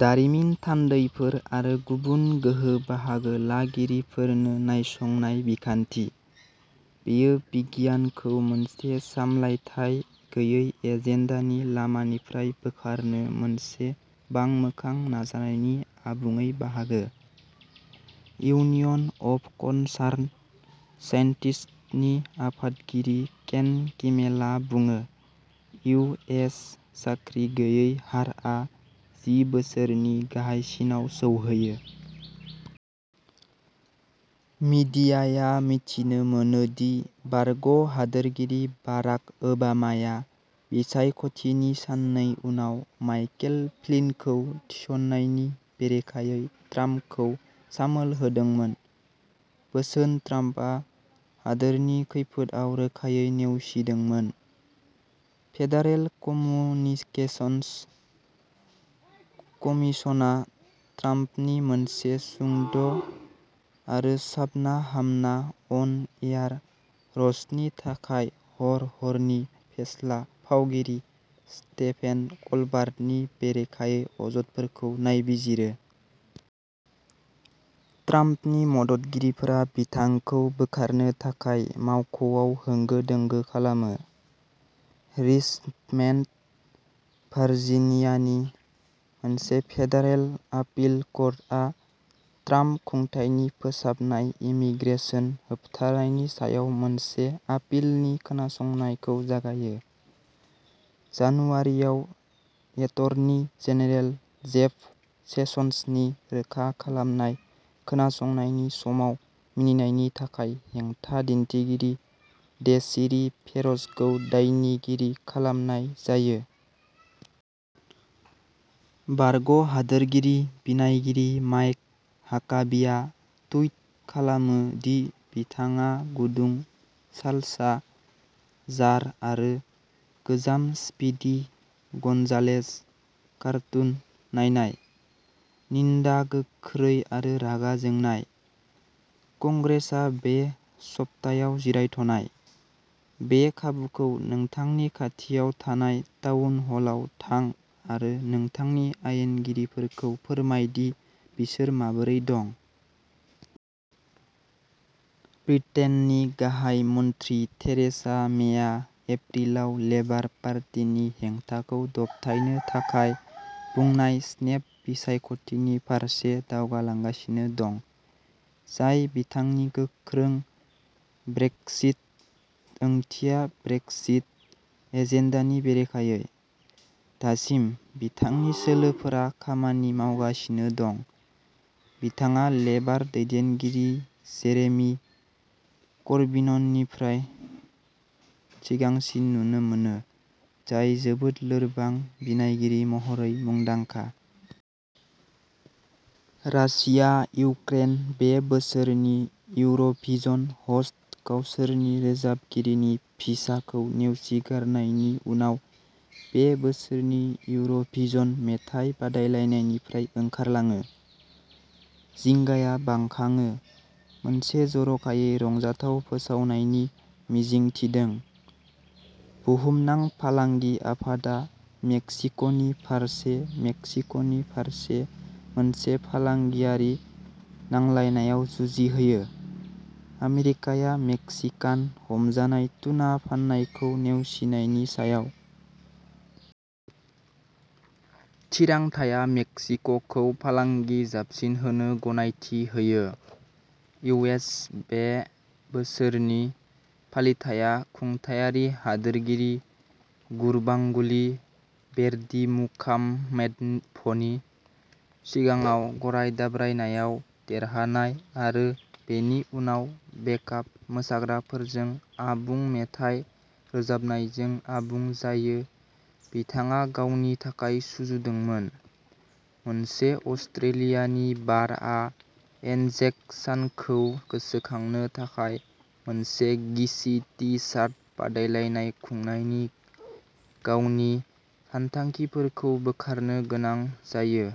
दारिमिन थान्दैफोर आरो गुबुन गोहो बाहागो लागिरिफोरनो नायसंनाय बिखान्थि। "बेयो बिगियानखौ मोनसे सामलायथाय गैयै एजेन्डानि लामानिफ्राय बोखारनो मोनसे बांमोखां नाजानायनि आबुङै बाहागो", इउनियन अफ कनसार्नड सेन्टिस्ट्सनि आफादगिरि केन किमेलआ बुङो- इउ. एस. साख्रि गैयै हारआ जि बोसोरनि गाहायसिनाव सौहैयो। मिडियाया मिथिनो मोनो दि बारग' हादोरगिरि बाराक ओबामाया बिसायख'थिनि साननै उनाव माइकेल फ्लिनखौ थिसननायनि बेरेखायै ट्राम्पखौ सामोल होदोंमोन, बोसोन ट्राम्पआ हादोरनि खैफोदआव रोखायै नेवसिदोंमोन। फेडारेल कमुनिकेसनस कमिसनआ ट्राम्पनि मोनसे सुंद' आरो साबना-हामना अन-एयार र'स्टनि थाखाय हर-हरनि फेस्ला फावगिरि स्टेफेन कलबार्टनि बेरेखायै अजदफोरखौ नायबिजिरो। ट्राम्पनि मददगिरिफोरा बिथांखौ बोखारनो थाखाय मावख'आव होंगो-दोंगो खालामो। रिचमेन्ड, भार्जिनियानि मोनसे फेडारेल आपिल कर्टआ ट्राम्प खुंथायनि फोसाबनाय इमिग्रेशन होबथानायनि सायाव मोनसे आपिलनि खोनासंनायखौ जागायो। जानुवारियाव एटर्नी जेनेरेल जेफ सेसन्सनि रोखा खालामनाय खोनासंनायनि समाव मिनिनायनि थाखाय हेंथा दिन्थिगिरि डेसिरी फेर'जखौ दायनिगिरि खालामनाय जायो। बारग' हादोरगिरि बिनायगिरि माइक हाकाबीआ टुइट खालामो दि बिथाङा गुदुं साल्सा जार आरो "गोजाम स्पिडी गन्जालेज कार्टुन" नायनाय। निन्दा गोख्रै आरो रागा जोंनाय। कंग्रेसआ बे सप्तायाव जिरायथ'नाय। बे खाबुखौ नोंथांनि खाथियाव थानाय टाउन हलआव थां आरो नोंथांनि आयेनगिरिफोरखौ फोरमाय दि बिसोर माबोरै दं। ब्रिटेननि गाहाय मन्थ्रि थेरेसा मेया एप्रिलाव लेबार पार्टीनि हेंथाखौ दबथायनो थाखाय बुंनाय स्नेप बिसायख'थिनि फारसे दावगालांगासिनो दं, जाय बिथांनि गोख्रों "ब्रेक्सिट ओंथिया ब्रेक्सिट" एजेन्डानि बेरेखायै। दासिम, बिथांनि सोलोफोरा खामानि मावगासिनो दं, बिथाङा लेबार दैदेनगिरि जेरेमी कर्बिननिफ्राय सिगांसिन नुनो मोनो, जाय जोबोद लोरबां बिनायगिरि महरै मुंदांखा। रासिया इउक्रेन बे बोसोरनि इउर'भिजन ह'स्ट गावसोरनि रोजाबगिरिनि भिसाखौ नेवसिगारनायनि उनाव बे बोसोरनि इउर'भिजन मेथाइ बादायलायनायनिफ्राय ओंखारलाङो। जिंगाया बांखाङो, मोनसे जर'खायै रंजाथाव फोसावनायनि मिजिं थिदों। बुहुमनां फालांगि आफादआ मेक्सिक'नि फारसे मेक्सिक'नि फारसे मोनसे फालांगियारि नांलायनायाव जुजि होयो, आमेरिकाया मेक्सिकान हमजानाय टुना फाननायखौ नेवसिनायनि सायाव। थिरांथाया मेक्सिक'खौ फालांगि जाबसिनहोनो गनायथि होयो। इउ. एस. बे बोसोरनि फालिथाइया खुंथायारि हादोरगिरि गुरबांगुलि बेरदिमुखाममेदपनि सिगाङाव गराय दाब्रायनायाव देरहानाय आरो बेनि उनाव बेकआप मोसाग्राफोरजों आबुं मेथाइ रोजाबनायजों आबुं जायो-बिथाङा गावनि थाखाय सुजुदोंमोन। मोनसे अस्ट्रेलियानि बारआ एन्जेक सानखौ गोसोखांनो थाखाय मोनसे गिसि टी सार्ट बादायलायनाय खुंनायनि गावनि सानथांखिफोरखौ बोखारनो गोनां जायो,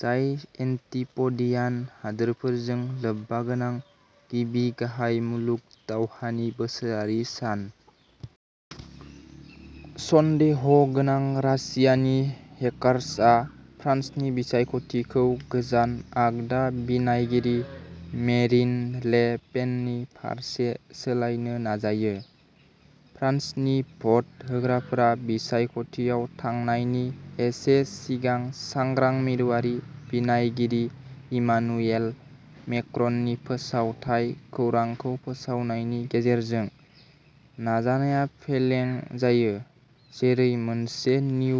जाय एन्टीप'डियान हादोरफोरजों लोब्बागोनां गिबि गाहाय मुलुग दावहानि बोसोरारि सान। सन्देह'गोनां रासियानि हेकर्सआ फ्रान्सनि बिसायख'थिखौ गोजान-आगदा बिनायगिरि मेरिन ले पेननि फारसे सोलायनो नाजायो, फ्रान्सनि भट होग्राफोरा बिसायख'थियाव थांनायनि एसे सिगां सांग्रां मिरुआरि बिनायगिरि इमानुएल मेक्र'ननि फोसावथाय खौरांखौ फोसावनायनि गेजेरजों। नाजानाया फेलें जायो। जेरै मोनसे निउ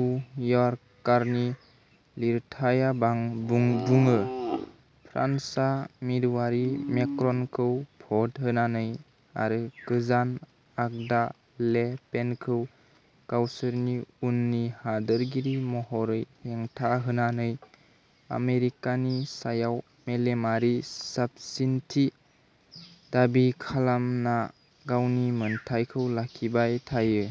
यर्कारनि लिरथाइया बां बुं बुङो, फ्रान्सआ मिरुआरि मेक्र'नखौ भ'ट होनानै आरो गोजान आगदा ले पेनखौ गावसोरनि उननि हादोरगिरि महरै हेंथा होनानै आमेरिकानि सायाव मेलेमारि साबसिनथि दाबि खालामना गावनि मोनथायखौ लाखिबाय थायो।